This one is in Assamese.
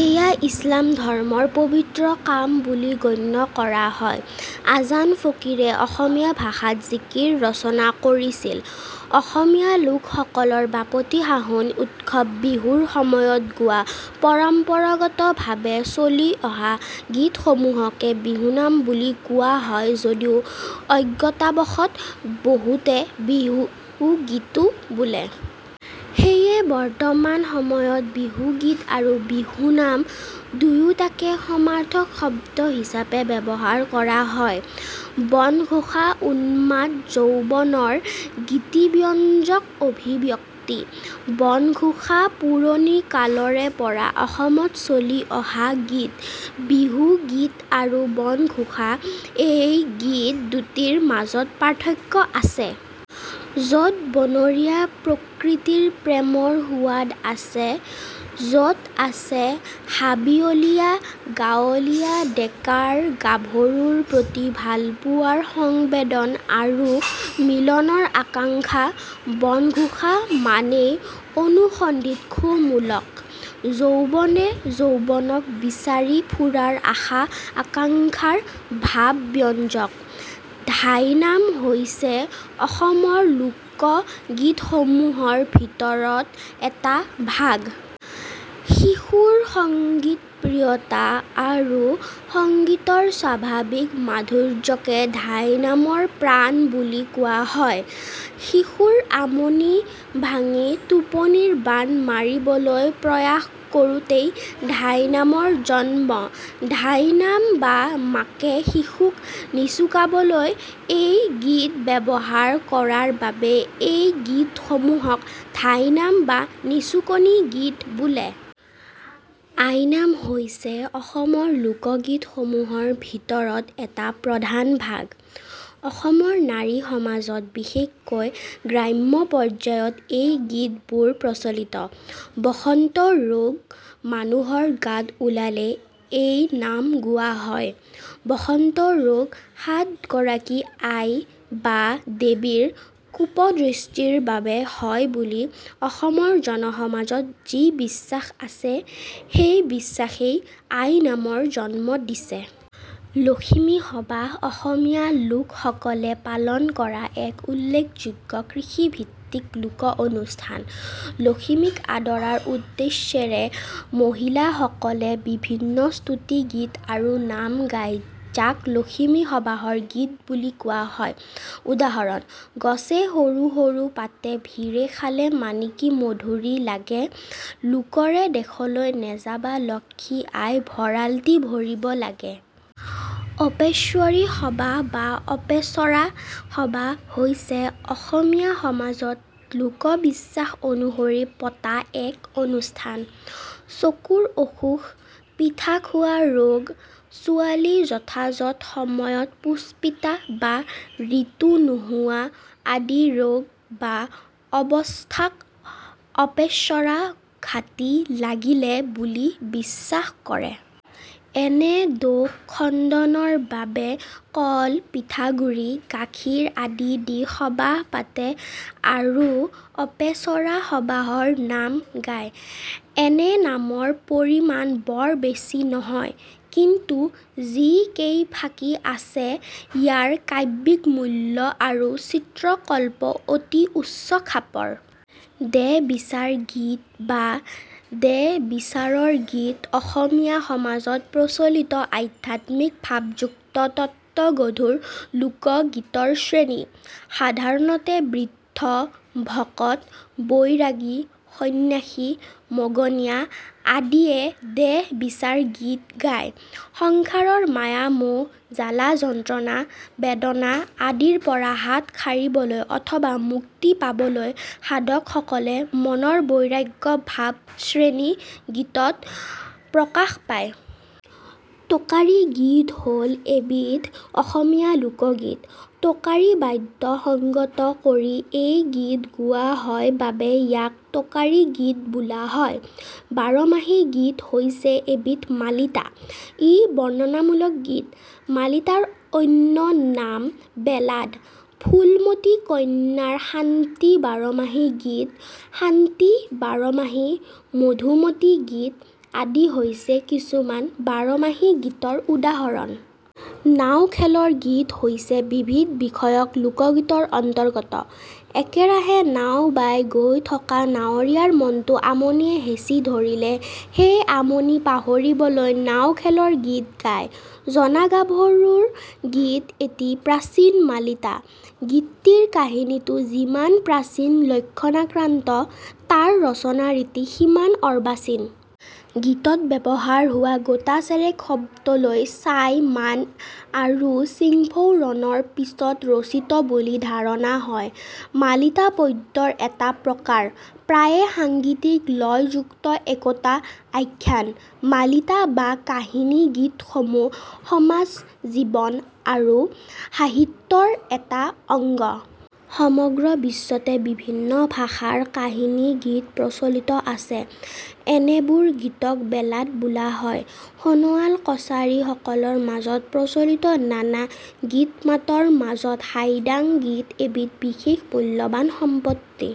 এয়া ইছলাম ধৰ্ম ৰ পবিত্ৰ কাম বুলি গণ্য কৰা হয়। আজান ফকীৰে অসমীয়া ভাষা ত জিকিৰ ৰচনা কৰিছিল। অসমীয়া লোকসকলৰ বাপতিসাহোন উৎসৱ বিহুৰ সময়ত গোৱা পৰম্পৰাগতভাৱে চলি অহা গীতসমূহকে বিহুনাম বুলি কোৱা হয় যদিও অজ্ঞতাবশতঃ বহুতে বিহুগীতো বোলে। সেয়ে, বৰ্তমান সময়ত বিহুগীত আৰু বিহুনাম দুয়োটাকে সমাৰ্থক শব্দ হিচাপে ব্যৱহাৰ কৰা হয়। বনঘোষা উন্মাদ যৌৱনৰ গীতিব্যঞ্জক অভিব্যক্তি। বনঘোষা পুৰণি কালৰে পৰা অসমত চলি অহা গীত। বিহুগীত আৰু বনঘোষা এই গীত দুটিৰ মাজত পাৰ্থক্য আছে। য'ত বনৰীয়া প্ৰকৃতিৰ প্ৰেমৰ সোৱাদ আছে; যত আছে হাবিয়লীয়া গাঁৱলীয়া ডেকাৰ গাভৰুৰ প্ৰতি ভালপোৱাৰ সংবেদন আৰু মিলনৰ আকাংক্ষা। বনঘোষা মাত্ৰেই অনুসন্ধিৎসুমুলক; যৌৱনে যৌৱনক বিচাৰি ফুৰাৰ আশা আকাংক্ষাৰ ভাবব্যঞ্জক। ধাইনাম হৈছে অসমৰ লোকগীতসমূহৰ ভিতৰত এটা ভাগ। শিশুৰ সংগীতপ্ৰিয়তা আৰু সংগীতৰ স্বাভাৱিক মাধুৰ্যকে ধাইনামৰ প্ৰাণ বুলি কোৱা হয়। শিশুৰ আমনি ভাঙি টোপনিৰ বাণ মাৰিবলৈ প্ৰয়াস কৰোঁতেই ধাইনামৰ জন্ম। ধাইনাম বা মাকে শিশুক নিচুকাবলৈ এই গীত ব্যৱহাৰ কৰাৰ বাবে এই গীতসমূহক ধাইনাম বা নিচুকনি গীত বোলে। আইনাম হৈছে অসমৰ লোকগীত সমূহৰ ভিতৰত এটা প্ৰধান ভাগ। অসমৰ নাৰী সমাজত বিশেষকৈ গ্ৰাম্য পৰ্যায়ত এই গীতবোৰ প্ৰচলিত। বসন্ত ৰোগ মানুহৰ গাত ওলালে এই নাম গোৱা হয়। বসন্ত ৰোগ 'সাত গৰাকী আই বা দেৱীৰ' কোপদৃষ্টিৰ বাবে হয় বুলি অসমৰ জনসমাজত যি বিশ্বাস আছে, সেই বিশ্বাসেই আইনামৰ জন্ম দিছে। লখিমী সবাহ অসমীয়া লোকসকলে পালন কৰা এক উল্লেখযোগ্য কৃষিভিত্তিক লোক-অনুষ্ঠান। লখিমীক আদৰাৰ উদ্দেশ্যেৰে মহিলাসকলে বিভিন্ন স্তুতি গীত আৰু নাম গায়, যাক লখিমী সবাহৰ গীত বুলি কোৱা হয়। উদাহৰণ: গছে সৰু সৰু পাতে ভিৰে খালে মাণিকীমধুৰী লাগে; লোকৰে দেশলৈ নেযাবা লক্ষ্মী আই ভঁৰালটি ভৰিব লাগে। অপেশ্বৰী সবাহ বা অপেচৰা সবাহ হৈছে অসমীয়া সমাজত লোকবিশ্বাস অনুসৰি পতা এক অনুষ্ঠান। চকুৰ অসুখ, পিঠাখোৱা ৰোগ, ছোৱালী যথাযথ সময়ত পুষ্পিতা বা ঋতু নোহোৱা আদি ৰোগ বা অৱস্থাক অপেচৰা ঘাটি লাগিলে বুলি বিশ্বাস কৰে। এনে দোষ খণ্ডনৰ বাবে কল, পিঠাগুৰি, গাখীৰ আদি দি সবাহ পাতে আৰু অপেচৰা সবাহৰ নাম গায়। এনে নামৰ পৰিমাণ বৰ বেছি নহয়; কিন্তু যি কেইফাকি আছে ইয়াৰ কাব্যিক মূল্য আৰু চিত্ৰ-কল্প অতি উচ্চ খাপৰ। দেহ বিচাৰ গীত বা দেহবিচাৰৰ গীত অসমীয়া সমাজত প্ৰচলিত আধ্যাত্মিক ভাবযুক্ত তত্ত্বগধুৰ লোকগীতৰ শ্ৰেণী। সাধাৰণতে বৃদ্ধ, ভকত, বৈৰাগী, সন্ন্যাসী, মগনীয়া আদিয়ে দেহ বিচাৰ গীত গায়। সংসাৰৰ মায়া-মোহ, জ্বালা-যন্ত্ৰণা, বেদনা আদিৰ পৰা হাত সাৰিবলৈ অথবা মুক্তি পাবলৈ সাধকসকলে মনৰ বৈৰাগ্য ভাব শ্ৰেণী গীতত প্ৰকাশ পায়। টোকাৰী গীত হ'ল এবিধ অসমীয়া লোকগীত। টোকাৰী বাদ্য সংগত কৰি এই গীত গোৱা হয় বাবে ইয়াক টোকাৰী গীত বোলা হয়। বাৰমাহী গীত হৈছে এবিধ মালিতা। ই বৰ্ণনামূলক গীত। মালিতাৰ অন্য নাম বেলাড। 'ফুলমতী কন্যাৰ শান্তি বাৰমাহী গীত', 'শান্তি বাৰমাহী', 'মধুমতী গীত' আদি হৈছে কিছুমান বাৰমাহী গীতৰ উদাহৰণ। নাও খেলৰ গীত হৈছে বিবিধ বিষয়ক লোকগীতৰ অন্তৰ্গত। একেৰাহে নাও বাই গৈ থকা নাৱৰীয়াৰ মনটো আমনিয়ে হেঁচি ধৰিলে সেই আমনি পাহৰিবলৈ নাও খেলৰ গীত গায়। জনা গাভৰুৰ গীত এটি প্ৰাচীন মালিতা। গীতটিৰ কাহিনীটো যিমান প্ৰাচীন লক্ষণাক্ৰান্ত, তাৰ ৰচনা-ৰীতি সিমান অৰ্বাচীন। গীতত ব্যৱহাৰ হোৱা গোটাচেৰেক শব্দলৈ চাই মান আৰু চিংফৌ ৰণৰ পিছত ৰচিত বুলি ধাৰণা হয়। মালিতা পদ্যৰ এটা প্ৰকাৰ, প্ৰায়ে সাংগীতিক লয়যুক্ত একোটা আখ্যান। মালিতা বা কাহিনী-গীতসমূহ সমাজ জীৱন আৰু সাহিত্যৰ এটা অঙ্গ। সমগ্ৰ বিশ্বতে বিভিন্ন ভাষাৰ কাহিনী-গীত প্ৰচলিত আছে। এনেবোৰ গীতক বেলাড বোলা হয়। সোণোৱাল কছাৰী সকলৰ মাজত প্ৰচলিত নানা গীত-মাতৰ মাজত হাইদাং গীত এবিধ বিশেষ মূল্যবান সম্পত্তি।